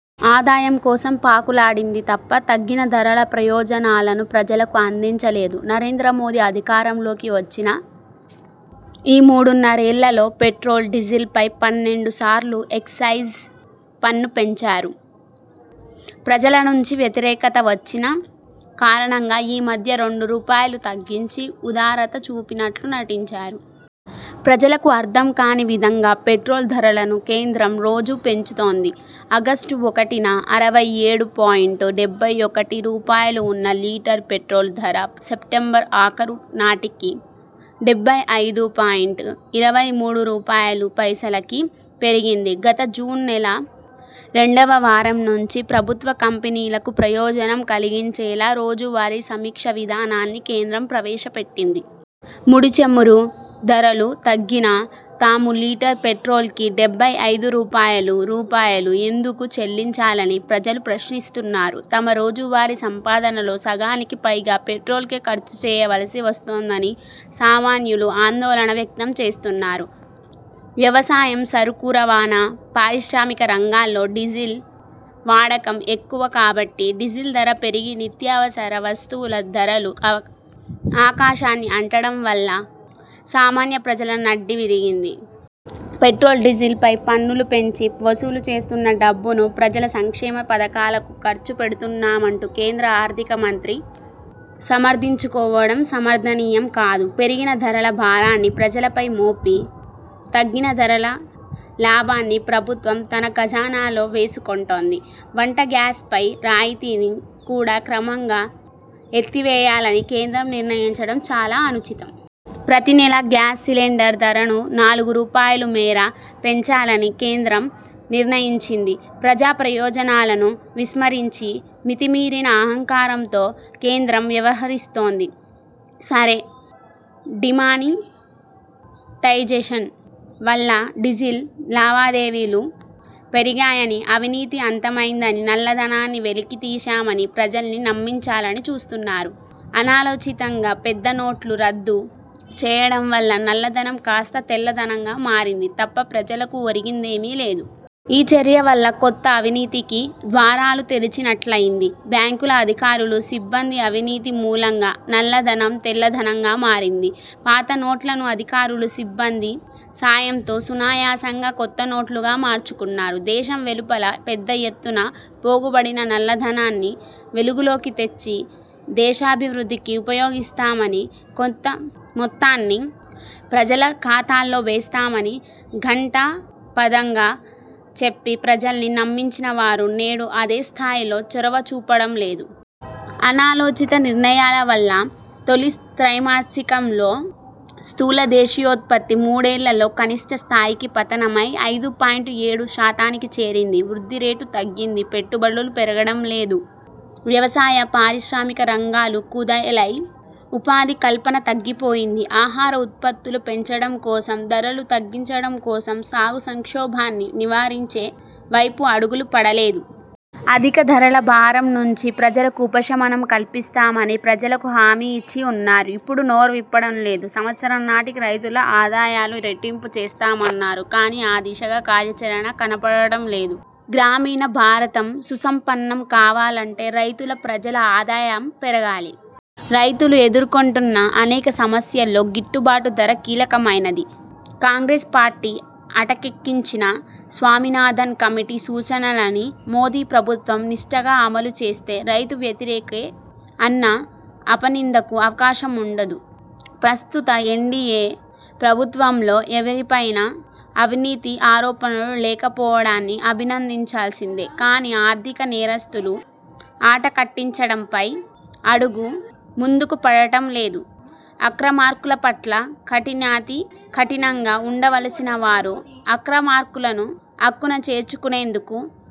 ఆదాయం కోసం పాకులాడింది తప్ప తగ్గిన ధరల ప్రయోజనాలను ప్రజలకు అందించ లేదు. నరేంద్ర మోదీ అధికారంలోకి వచ్చిన ఈ మూడున్నరేళ్లలో పెట్రోల్, డీజిల్ పై పన్నెండుసార్లు ఎక్సైజ్ పన్ను పెంచారు. ప్రజల నుంచి వ్యతిరేకత వచ్చిన కారణంగా ఈ మధ్య రెండు రూపాయలు తగ్గించి ఉదారత చూపినట్లు నటించారు. ప్రజలకు అర్థంకాని విధంగా పెట్రోల్ ధరలను కేంద్రం రోజూ పెంచుతోంది. ఆగస్టు ఒకటిన అరవై ఏడు పాయింట్ డెబ్బై ఒకటి రూపాయలుఉన్న లీటర్ పెట్రోల్ ధర సెప్టెంబర్ ఆఖరు నాటికి డెబ్బై ఐదు పాయింట్ ఇరవై మూడు రూపాయలుపైసలకి పెరిగింది. గత జూన్ నెల రెండవ వారం నుంచి ప్రభుత్వ కంపెనీలకు ప్రయోజనం కలిగించేలా రోజువారీ సమీక్ష విధానాన్ని కేంద్రం ప్రవేశపెట్టింది. ముడి చమురు ధరలు తగ్గినా తాము లీటర్ పెట్రోల్కి డెబ్బై ఐదు రూపాయలురూపాయలు ఎందుకు చెల్లించాలని ప్రజలు ప్రశ్నిస్తున్నారు. తమ రోజువారీ సంపాదనలో సగానికి పైగా పెట్రోల్కే ఖర్చు చేయవలసి వస్తోందని సామాన్యులు ఆందోళన వ్యక్తంచేస్తున్నారు. వ్యవసాయం, సరుకు రవాణా, పారిశ్రామిక రంగాల్లో డీజిల్ వాడకం ఎక్కువ కాబట్టి డీజిల్ ధర పెరిగి నిత్యావసర వస్తువుల ధరలు ఆకా ఆకాశాన్ని అంటడం వల్ల సామాన్య ప్రజల నడ్డి విరిగింది. పెట్రోల్, డీజిల్ పై పన్నులు పెంచి వసూలు చేస్తున్న డబ్బును ప్రజల సంక్షేమ పథకాలకు ఖర్చు పెడుతున్నామంటూ కేంద్ర ఆర్థిక మంత్రి సమర్థించుకోవడం సమర్థనీయం కాదు. పెరిగిన ధరల భారాన్ని ప్రజలపై మోపి తగ్గిన ధరల లాభాన్ని ప్రభుత్వం తన ఖజానాలో వేసుకొంటుంది. వంట గ్యాస్పై రాయితీని కూడా క్రమంగా ఎత్తివేయాలని కేంద్రం నిర్ణయించడం చాలా అనుచితం. ప్రతినెలా గ్యాస్ సిలెండర్ ధరను నాలుగు రూపాయలుమేర పెంచాలని కేంద్రం నిర్ణయించింది. ప్రజాప్రయోజనాలను విస్మరించి మితిమీరిన అహంకారంతో కేంద్రం వ్యవహరిస్తోంది. సరే, డిమానిటైజేషన్ వల్ల డిజిటల్ లావాదేవీలు పెరిగాయని అవినీతి అంతమైందని నల్లధనాన్ని వెలికి తీశామని ప్రజల్ని నమ్మించాలని చూస్తున్నారు. అనాలోచితంగా పెద్ద నోట్లు రద్దు చేయడం వల్ల నల్లధనం కాస్త తెల్లధనంగా మారింది తప్ప ప్రజలకు ఒరిగిందేమీ లేదు. ఈ చర్య వల్ల కొత్త అవినీతికి ద్వారాలు తెరిచినట్లయింది. బ్యాంకుల అధికారులు, సిబ్బంది అవినీతి మూలంగా నల్లధనం తెల్లధనంగా మారింది. పాతనోట్లను అధికారులు సిబ్బంది సాయంతో సునాయాసంగా కొత్త నోట్లుగా మార్చుకున్నారు. దేశం వెలుపల పెద్ద ఎత్తున పోగుబడిన నల్లధనాన్ని వెలుగులోకి తెచ్చి దేశాభివృద్ధికి ఉపయోగిస్తామని, కొంత మొత్తాన్ని ప్రజల ఖాతాల్లో వేస్తామని ఘంటాపథంగా చెప్పి ప్రజల్ని నమ్మించినవారు నేడు అదే స్థాయిలో చొరవ చూపడంలేదు. అనాలోచిత నిర్ణయాల వల్ల తొలి త్రైమాసికంలో స్థూల దేశీయోత్పత్తి మూడేళ్ళలో కనిష్ఠ స్థాయికి పతనమై ఐదు పాయింట్ ఏడుశాతానికి చేరింది. వృద్ధిరేటు తగ్గింది. పెట్టుబడులు పెరగటంలేదు. వ్యవసాయ, పారిశ్రామిక రంగాలు కుదేలై ఉపాధి కల్పన తగ్గిపోయింది. ఆహార ఉత్పత్తులు పెంచడం కోసం, ధరలు తగ్గించడం కోసం సాగు సంక్షోభాన్ని నివారించే వైపు అడుగులు పడలేదు. అధిక ధరల భారం నుంచి ప్రజలకు ఉపశమనం కల్పిస్తామని ప్రజలకు హామీ ఇచ్చి ఉన్నారు. ఇప్పుడు నోరు విప్పడం లేదు. సంవత్సరం నాటికి రైతుల ఆదాయాలు రెట్టింపు చేస్తామన్నారు. కానీ ఆ దిశగా కార్యాచరణ కనపడటంలేదు. గ్రామీణ భారతం సుసంపన్నం కావాలంటే రైతుల, ప్రజల ఆదాయం పెరగాలి. రైతులు ఎదుర్కొంటున్న అనేక సమస్యల్లో గిట్టుబాటు ధర కీలకమైనది. కాంగ్రెస్ పార్టీ అటకెక్కించిన స్వామినాథన్ కమిటీ సూచనలని మోదీ ప్రభుత్వం నిష్ఠగా అమలుచేస్తే రైతు వ్యతిరేకి అన్న అపనిందకు అవకాశముండదు. ప్రస్తుత ఎన్డీఏ ప్రభుత్వంలో ఎవరిపైనా అవినీతి ఆరోపణలు లేకపోవడాన్ని అభినందించాల్సిందే. కానీ ఆర్థికనేరస్థులు ఆటకట్టించడంపై అడుగు ముందుకు పడటంలేదు. అక్రమార్కులపట్ల కఠినాతి కఠినంగా ఉండవలసినవారు అక్రమార్కులను అక్కున చేర్చుకునేందుకు